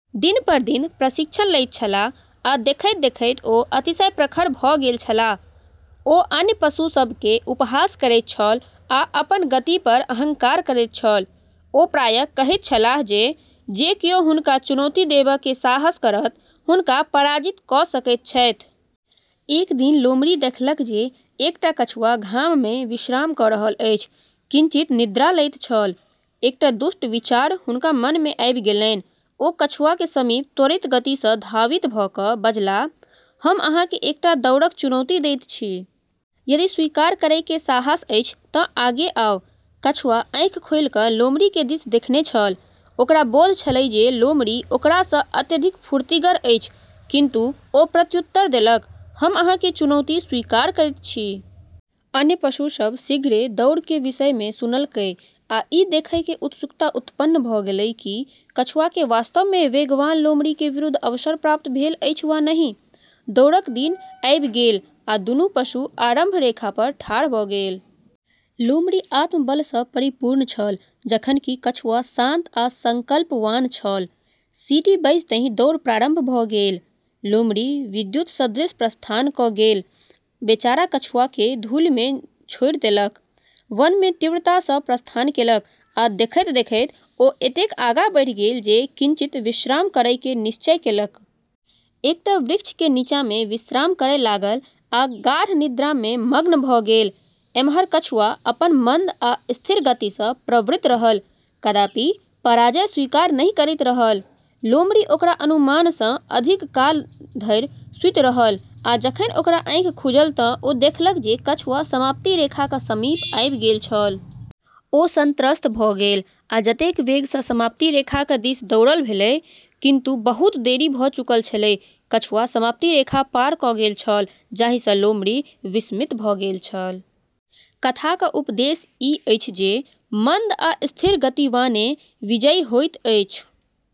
दिन पर दिन प्रशिक्षण लैत छलाह आ देखैत-देखैत ओ अतिशय प्रखर भऽ गेल छलाह। ओ अन्य पशु सभ केँ उपहास करैत छल आ अपन गति पर अहंकार करैत छल। ओ प्रायः कहैत छलाह जे जे कोयो हुनका चुनौती देबय के साहस करत हुनका पराजित कऽ सकैत छथि। एक दिन लोमड़ी देखलक जे एकटा कछुआ घाममे विश्राम कऽ रहल अछि, किंचित निद्रा लैत छल। एकटा दुष्ट विचार हुनका मन में आबि गेलनि। ओ कछुआ के समीप त्वरित गति सँ धावित भऽ कऽ बजलाह, "हम अहाँ केँ एकटा दौड़क चुनौती दैत छी। यदि स्वीकार करयके साहस अछि तँ आगे आउ।" कछुआ आँखि खोलि कऽ लोमड़ी के दिश देखने छल। ओकरा बोध छलै जे लोमड़ी ओकरा सँ अत्यधिक फुर्तिगर अछि, किंतु ओ प्रत्युत्तर देलक, "हम अहाँ के चुनौती स्वीकार करैत छी।" अन्य पशु सब शीघ्रे दौड़ के विषयमे सुनलकै आ ई देखयके उत्सुकता उत्पन्न भऽ गेलै कि कछुआके वास्तवमे वेगवान लोमड़ी के विरुद्ध अवसर प्राप्त भेल अछि वा नहि। दौड़क दिन आबि गेल आ दुनू पशु आरंभ रेखा पर ठाढ़ भऽ गेल। लोमड़ी आत्मबल सँ परिपूर्ण छल, जखन कि कछुआ शांत आ संकल्पवान छल। सीटी बजितहिं दौड़ प्रारंभ भऽ गेल। लोमड़ी विद्युत सदृश प्रस्थान क' गेल, बेचारा कछुआ केँ धूलि में छोड़ि देलक। वनमे तीव्रतासँ प्रस्थान केलक, आ देखैत-देखैत ओ एतेक आगाँ बढ़ि गेल जे किंचित विश्राम करयके निश्चय केलक। एकटा वृक्ष के नीचाँमे विश्राम करय लागल आ गाढ़ निद्रा में मग्न भऽ गेल। एम्हर कछुआ अपन मंद आ स्थिर गति सँ प्रवृत्त रहल, कदापि पराजय स्वीकार नहि करैत रहल। लोमड़ी ओकरा अनुमानसँ अधिक काल धरि सूति रहल आ जखन ओकरा आँखि खुजल तँ ओ देखलक जे कछुआ समाप्ति रेखाक समीप आबि गेल छल। ओ संत्रस्त भऽ गेल आ जतेक वेग सँ समाप्ति रेखा के दिशि दौड़ल भेलै, किंतु बहुत देरी भऽ चुकल छलै। कछुआ समाप्ति रेखा पार क' गेल छल, जाहि सँ लोमड़ी विस्मित भऽ गेल छल। कथाक उपदेश ई अछि जे मंद आ स्थिर गतिवाने विजयी होइत अछि।